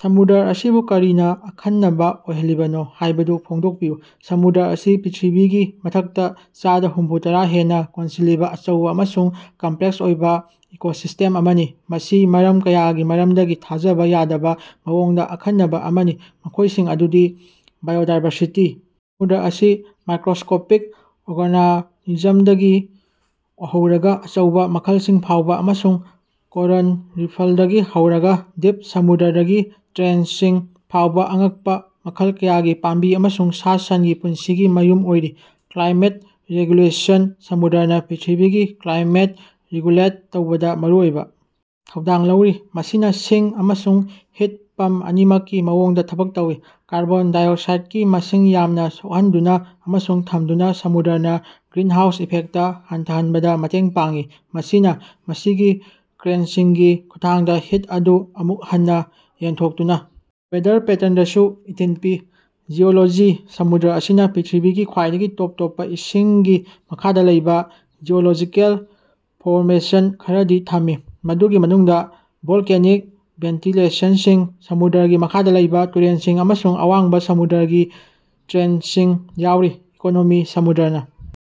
ꯁꯃꯨꯗ꯭ꯔ ꯑꯁꯤꯕꯨ ꯀꯔꯤꯅꯥ ꯑꯈꯟꯅꯕꯥ ꯑꯣꯏꯍꯜꯂꯤꯕꯅꯣ ꯍꯥꯏꯕꯗꯨ ꯐꯣꯡꯗꯣꯛꯄꯤꯌꯨ꯫ ꯁꯃꯨꯗ꯭ꯔ ꯑꯁꯤ ꯄ꯭ꯔꯤꯏꯊꯤꯕꯤꯒꯤ ꯃꯊꯛꯇꯥ ꯆꯥꯗꯥ ꯍꯨꯝꯐꯨꯇꯔꯥ ꯍꯦꯟꯅꯥ ꯀꯣꯟꯁꯤꯜꯂꯤꯕꯥ ꯑꯆꯧꯕꯥ ꯑꯃꯁꯨꯡ ꯀꯝꯄ꯭ꯂꯦꯛꯁ ꯑꯣꯏꯕꯥ ꯏꯀꯣꯁꯤꯁꯇꯦꯝ ꯑꯃꯅꯤ꯫ ꯃꯁꯤ ꯃꯔꯝ ꯀꯌꯥꯒꯤ ꯃꯔꯝꯗꯒꯤ ꯊꯥꯖꯕꯥ ꯌꯥꯗꯕꯥ ꯃꯑꯣꯡꯗꯥ ꯑꯈꯟꯅꯕꯥ ꯑꯃꯅꯤ, ꯃꯈꯣꯏꯁꯤꯡ ꯑꯗꯨꯗꯤ: ꯕꯥꯏꯑꯣꯗꯥꯏꯕꯔꯁꯤꯇꯤ: ꯁꯃꯨꯗ꯭ꯔ ꯑꯁꯤ ꯃꯥꯏꯀ꯭ꯔꯣꯁꯀꯣꯄꯤꯛ ꯑꯣꯔꯒꯥꯅꯖꯝꯗꯒꯤ ꯍꯧꯔꯒꯥ ꯑꯆꯧꯕꯥ ꯝꯈꯜꯁꯤꯡ ꯐꯥꯎꯕꯥ ꯑꯃꯁꯨꯡ ꯀꯣꯔꯜ ꯔꯤꯐꯜꯗꯒꯤ ꯍꯧꯔꯒꯥ ꯗꯤꯞ ꯁꯃꯨꯗ꯭ꯔꯒꯤ ꯇ꯭ꯔꯦꯟꯆꯁꯤꯡ ꯐꯥꯎꯕꯥ ꯑꯉꯛꯄꯥ ꯃꯈꯜ ꯀꯌꯥꯒꯤ ꯄꯥꯝꯕꯤ ꯑꯃꯁꯨꯡ ꯁꯥ-ꯁꯟꯒꯤ ꯄꯨꯟꯁꯤꯒꯤ ꯃꯌꯨꯝ ꯑꯣꯏꯔꯤ꯫ ꯀ꯭ꯂꯥꯏꯃꯦꯠ ꯔꯦꯒꯨꯂꯦꯁꯟ: ꯁꯃꯨꯗ꯭ꯔꯅꯥ ꯄ꯭ꯔꯤꯊꯤꯕꯤꯒꯤ ꯀ꯭ꯂꯥꯏꯃꯦꯠ ꯔꯤꯒꯨꯂꯦꯠ ꯇꯧꯕꯗꯥ ꯃꯔꯨꯑꯣꯏꯕꯥ ꯊꯧꯗꯥꯡ ꯂꯧꯔꯤ, ꯃꯁꯤꯅꯥ ꯁꯤꯡ ꯑꯃꯁꯨꯡ ꯍꯤꯠ ꯄꯝ ꯑꯅꯤꯃꯛꯀꯤ ꯃꯑꯣꯡꯗꯥ ꯊꯕꯛ ꯇꯧꯏ꯫ ꯀꯥꯔꯕꯣꯟ ꯗꯥꯏꯑꯣꯛꯁꯥꯏꯗꯀꯤ ꯃꯁꯤꯡ ꯌꯥꯝꯅꯥ ꯁꯣꯛꯍꯟꯗꯨꯅꯥ ꯑꯃꯁꯨꯡ ꯊꯝꯗꯨꯅꯥ ꯁꯃꯨꯗ꯭ꯔꯅꯥ ꯒ꯭ꯔꯤꯟꯍꯥꯎꯁ ꯏꯐꯦꯛꯇ ꯍꯟꯊꯍꯟꯕꯗꯥ ꯃꯇꯦꯡ ꯄꯥꯡꯏ꯫ ꯃꯁꯤꯅꯥ ꯃꯁꯤꯒꯤ ꯀꯔꯦꯟꯁꯤꯡꯒꯤ ꯈꯨꯠꯊꯥꯡꯗꯥ ꯍꯤꯠ ꯑꯗꯨ ꯑꯃꯨꯛ ꯍꯟꯅꯥ ꯌꯦꯟꯊꯣꯛꯇꯨꯅꯥ ꯋꯦꯗꯔ ꯄꯦꯇ꯭ꯔꯟꯗꯁꯨ ꯏꯊꯤꯜ ꯄꯤ꯫ ꯖꯤꯑꯣꯂꯣꯖꯤ: ꯁꯃꯨꯗ꯭ꯔ ꯑꯁꯤꯅꯥ ꯄ꯭ꯔꯤꯊꯤꯕꯤꯒꯤ ꯈ꯭ꯋꯥꯏꯗꯒꯤ ꯇꯣꯞ ꯇꯣꯞꯄꯥ ꯏꯁꯤꯡꯒꯤ ꯃꯈꯥꯗꯥ ꯂꯩꯕꯥ ꯖꯤꯑꯣꯂꯣꯖꯤꯀꯦꯜ ꯐꯣꯔꯃꯦꯁꯟ ꯈꯔꯗꯤ ꯊꯝꯃꯤ, ꯃꯗꯨꯒꯤ ꯃꯅꯨꯡꯗꯥ ꯚꯣꯜꯀꯦꯅꯤꯛ ꯚꯦꯟꯇꯤꯂꯦꯁꯟꯁꯤꯡ, ꯁꯃꯨꯗ꯭ꯔꯒꯤ ꯃꯈꯥꯗꯥ ꯂꯩꯕꯥ ꯇꯨꯔꯦꯜꯁꯤꯡ ꯑꯃꯁꯨꯡ ꯑꯋꯥꯡꯕꯥ ꯁꯃꯨꯗ꯭ꯔꯒꯤ ꯇ꯭ꯔꯦꯟꯆꯁꯤꯡ ꯌꯥꯎꯔꯤ꯫ ꯏꯀꯣꯅꯣꯃꯤ: ꯁꯃꯨꯗ꯭ꯔꯅꯥ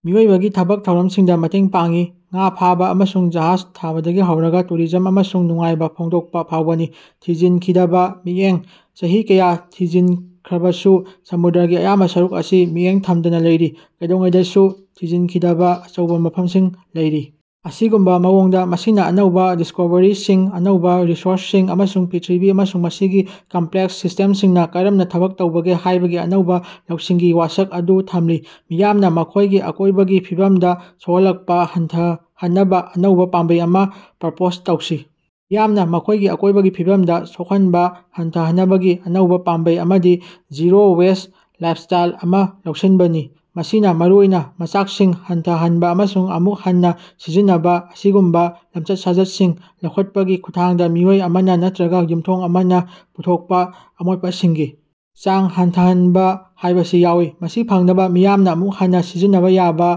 ꯃꯤꯑꯣꯏꯕꯒꯤ ꯊꯕꯛ ꯊꯧꯔꯝꯁꯤꯡꯗꯥ ꯃꯇꯦꯡ ꯄꯥꯡꯏ, ꯉꯥ ꯐꯥꯕꯥ ꯑꯃꯁꯨꯡ ꯖꯍꯥꯖ ꯊꯥꯕꯗꯒꯤ ꯍꯧꯔꯒꯥ ꯇꯨꯔꯤꯖꯝ ꯑꯃꯁꯨꯡ ꯅꯨꯡꯉꯥꯏꯕꯥ ꯐꯣꯡꯗꯣꯛꯄꯥ ꯐꯥꯎꯕꯅꯤ꯫ ꯊꯤꯖꯤꯟꯈꯤꯗꯕꯥ ꯃꯤꯠꯌꯦꯡ: ꯆꯍꯤ ꯀꯌꯥ ꯊꯤꯖꯤꯟꯈ꯭ꯔꯕꯁꯨ, ꯁꯃꯨꯗ꯭ꯔꯒꯤ ꯑꯌꯥꯝꯕꯥ ꯁꯔꯨꯛ ꯑꯁꯤ ꯃꯤꯠꯌꯦꯡ ꯊꯝꯗꯅꯥ ꯂꯩꯔꯤ, ꯀꯩꯗꯧꯉꯩꯗꯁꯨ ꯊꯤꯖꯤꯟꯈꯤꯗꯕꯥ ꯑꯆꯧꯕꯥ ꯃꯐꯝꯁꯤꯡ ꯂꯩꯔꯤ꯫ ꯑꯁꯤꯒꯨꯝꯕꯥ ꯃꯑꯣꯡꯗꯥ, ꯃꯁꯤꯅꯥ ꯑꯅꯧꯕꯥ ꯗꯤꯁꯀꯣꯚꯔꯤꯁꯤꯡ, ꯑꯅꯧꯕꯥ ꯔꯤꯁꯣꯔꯁꯁꯤꯡ, ꯑꯃꯁꯨꯡ ꯄ꯭ꯔꯤꯊꯤꯕꯤ ꯑꯃꯁꯨꯡ ꯃꯁꯤꯒꯤ ꯀꯝꯄ꯭ꯂꯦꯛꯁ ꯁꯤꯁꯇꯦꯝꯁꯤꯡꯅꯥ ꯀꯔꯝꯅꯥ ꯊꯕꯛ ꯇꯧꯕꯒꯦ ꯍꯥꯏꯕꯒꯤ ꯑꯅꯧꯕꯥ ꯂꯧꯁꯤꯡꯒꯤ ꯋꯥꯁꯛ ꯑꯗꯨ ꯊꯝꯂꯤ꯫ ꯃꯤꯌꯥꯝꯅꯥ ꯃꯈꯣꯏꯒꯤ ꯑꯀꯣꯏꯕꯒꯤ ꯐꯤꯕꯝꯗꯥ ꯁꯣꯛꯍꯜꯂꯛꯄꯥ ꯍꯟꯊꯍꯟꯅꯕꯥ ꯑꯅꯧꯕꯥ ꯄꯥꯝꯕꯩ ꯑꯃꯥ ꯄ꯭ꯔꯄꯣꯖ ꯇꯧꯁꯤ꯫ ꯃꯤꯌꯥꯝꯅꯥ ꯃꯈꯣꯏꯒꯤ ꯑꯀꯣꯏꯕꯒꯤ ꯐꯤꯕꯝꯗꯥ ꯁꯣꯛꯍꯟꯕꯥ ꯍꯟꯊꯍꯟꯅꯕꯒꯤ ꯑꯅꯧꯕꯥ ꯄꯥꯝꯕꯩ ꯑꯃꯗꯤ ꯖꯤꯔꯣ ꯋꯦꯁ ꯂꯥꯏꯐꯁ꯭ꯇꯥꯏꯜ ꯑꯃꯥ ꯂꯧꯁꯤꯟꯕꯅꯤ꯫ ꯃꯁꯤꯅꯥ ꯃꯔꯨꯑꯣꯏꯅꯥ ꯃꯆꯥꯛꯁꯤꯡ ꯍꯟꯊꯍꯟꯕꯥ ꯑꯃꯁꯨꯡ ꯑꯃꯨꯛ ꯍꯟꯅꯥ ꯁꯤꯖꯤꯟꯅꯕꯥ ꯑꯁꯤꯒꯨꯝꯕꯥ ꯂꯝꯆꯠ-ꯁꯥꯖꯠꯁꯤꯡ ꯂꯧꯈꯠꯄꯒꯤ ꯈꯨꯠꯊꯥꯡꯗꯥ ꯃꯤꯑꯣꯏ ꯑꯃꯅꯥ ꯅꯠꯇ꯭ꯔꯒꯥ ꯌꯨꯝꯊꯣꯡ ꯑꯃꯅꯥ ꯄꯨꯊꯣꯛꯄꯥ ꯑꯃꯣꯠꯄꯁꯤꯡꯒꯤ ꯆꯥꯡ ꯍꯟꯊꯍꯟꯕꯥ ꯍꯥꯏꯕꯁꯤ ꯌꯥꯎꯏ꯫ ꯃꯁꯤ ꯐꯪꯅꯕꯥ ꯃꯤꯌꯥꯝꯅꯥ ꯑꯃꯨꯛ ꯍꯟꯅꯥ ꯁꯤꯖꯤꯟꯅꯕꯥ ꯌꯥꯕꯥ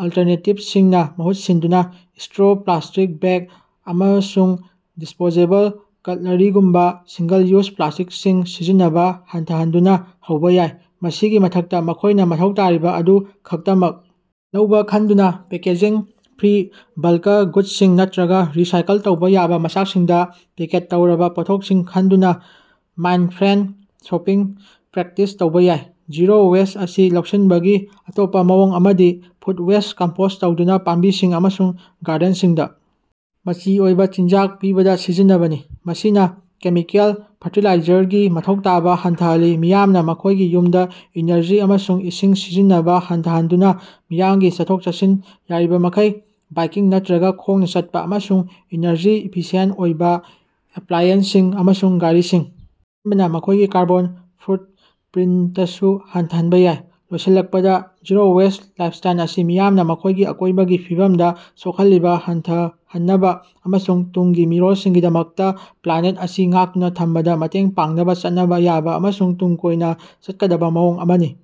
ꯑꯜꯇꯔꯅꯦꯇꯤꯞꯁꯤꯡꯅꯥ ꯃꯍꯨꯠ ꯁꯤꯟꯗꯨꯅꯥ ꯏꯁꯇ꯭ꯔꯣ, ꯄ꯭ꯂꯥꯁꯇꯤꯛ ꯕꯦꯒ, ꯑꯃꯁꯨꯡ ꯗꯤꯁꯄꯣꯖꯦꯕꯜ ꯀꯠꯂꯔꯤꯒꯨꯝꯕꯥ ꯁꯤꯡꯒꯜ-ꯌꯨꯖ ꯄ꯭ꯂꯥꯁꯇꯤꯛꯁꯤꯡ ꯁꯤꯖꯤꯟꯅꯕꯥ ꯍꯟꯊꯍꯟꯗꯨꯅꯥ ꯍꯧꯕꯥ ꯌꯥꯏ꯫ ꯃꯁꯤꯒꯤ ꯃꯊꯛꯇꯥ, ꯃꯈꯣꯏꯅꯥ ꯃꯊꯧ ꯇꯥꯔꯤꯕꯥ ꯑꯗꯨ ꯈꯛꯇꯃꯛ ꯂꯧꯕꯥ ꯈꯟꯗꯨꯅꯥ, ꯄꯦꯀꯦꯖꯤꯡ-ꯐ꯭ꯔꯤ ꯕꯜꯀ ꯒꯨꯗꯁꯤꯡ ꯅꯠꯇ꯭ꯔꯒꯥ ꯔꯤꯁꯥꯏꯀꯜ ꯇꯧꯕꯥ ꯌꯥꯕꯥ ꯃꯆꯥꯛꯁꯤꯡꯗꯥ ꯄꯦꯀꯦꯠ ꯇꯧꯔꯕꯥ ꯄꯣꯠꯊꯣꯛꯁꯤꯡ ꯈꯟꯗꯨꯅꯥ ꯃꯥꯏꯟꯐ꯭ꯔꯦꯟꯗ ꯁꯣꯄꯤꯡ ꯄ꯭ꯔꯦꯛꯇꯤꯁ ꯇꯧꯕꯥ ꯌꯥꯏ꯫ ꯖꯤꯔꯣ ꯋꯦꯁ ꯑꯁꯤ ꯂꯧꯁꯤꯟꯕꯒꯤ ꯑꯇꯣꯞꯄꯥ ꯃꯑꯣꯡ ꯑꯃꯗꯤ ꯐꯨꯗ ꯋꯦꯁ ꯀꯝꯄꯣꯁ ꯇꯧꯗꯨꯅꯥ ꯄꯥꯝꯕꯤꯁꯤꯡ ꯑꯃꯁꯨꯡ ꯒꯥꯔꯗꯦꯟꯁꯤꯡꯗꯥ ꯃꯆꯤ ꯑꯣꯏꯕꯥ ꯆꯤꯟꯖꯥꯛ ꯄꯤꯕꯗꯥ ꯁꯤꯖꯤꯟꯅꯕꯅꯤ, ꯃꯁꯤꯅꯥ ꯀꯦꯃꯤꯀꯦꯜ ꯐꯔꯇꯤꯂꯥꯏꯖꯔꯒꯤ ꯃꯊꯧ ꯇꯥꯕꯥ ꯍꯟꯊꯍꯜꯂꯤ꯫ ꯃꯤꯌꯥꯝꯅꯥ ꯃꯈꯣꯏꯒꯤ ꯌꯨꯝꯗꯥ ꯏꯅꯔꯖꯤ ꯑꯃꯁꯨꯡ ꯏꯁꯤꯡ ꯁꯤꯖꯤꯟꯅꯕꯥ ꯍꯟꯊꯍꯟꯗꯨꯅꯥ, ꯃꯤꯌꯥꯝꯒꯤ ꯆꯠꯊꯣꯛ-ꯆꯠꯁꯤꯟ, ꯌꯥꯔꯤꯕꯃꯈꯩ ꯕꯥꯏꯀꯤꯡ ꯅꯠꯇ꯭ꯔꯒꯥ ꯈꯣꯡꯅꯥ ꯆꯠꯄꯥ, ꯑꯃꯁꯨꯡ ꯏꯅꯔꯖꯤ ꯏꯐꯤꯁꯤꯌꯦꯟꯇ ꯑꯣꯏꯕꯥ ꯑꯦꯄ꯭ꯂꯥꯏꯑꯦꯟꯁꯁꯤꯡ ꯑꯃꯁꯨꯡ ꯒꯥꯔꯤꯁꯤꯡ ꯈꯟꯕꯅꯥ ꯃꯈꯣꯏꯒꯤ ꯀꯥꯔꯕꯣꯟ ꯐꯨꯠꯄ꯭ꯔꯤꯟꯇꯁꯨ ꯍꯟꯊꯍꯟꯕꯥ ꯌꯥꯏ꯫ ꯂꯣꯏꯁꯤꯜꯂꯛꯄꯗꯥ, ꯖꯤꯔꯣ ꯋꯦꯁ ꯂꯥꯏꯐꯁ꯭ꯇꯥꯏꯜ ꯑꯁꯤ ꯃꯤꯌꯥꯝꯅꯥ ꯃꯈꯣꯏꯒꯤ ꯑꯀꯣꯏꯕꯒꯤ ꯐꯤꯕꯝꯗꯥ ꯁꯣꯛꯍꯜꯂꯤꯕꯥ ꯍꯟꯊꯍꯟꯅꯕꯥ ꯑꯃꯁꯨꯡ ꯇꯨꯡꯒꯤ ꯃꯤꯔꯣꯜꯁꯤꯡꯒꯤꯗꯃꯛꯇꯥ ꯄ꯭ꯂꯥꯅꯦꯠ ꯑꯁꯤ ꯉꯥꯛꯇꯨꯅꯥ ꯊꯝꯕꯗꯥ ꯃꯇꯦꯡ ꯄꯥꯡꯅꯕꯥ ꯆꯠꯅꯕꯥ ꯌꯥꯕꯥ ꯑꯃꯁꯨꯡ ꯇꯨꯡ ꯀꯣꯏꯅꯥ ꯆꯠꯀꯗꯕꯥ ꯃꯑꯣꯡ ꯑꯃꯅꯤ꯫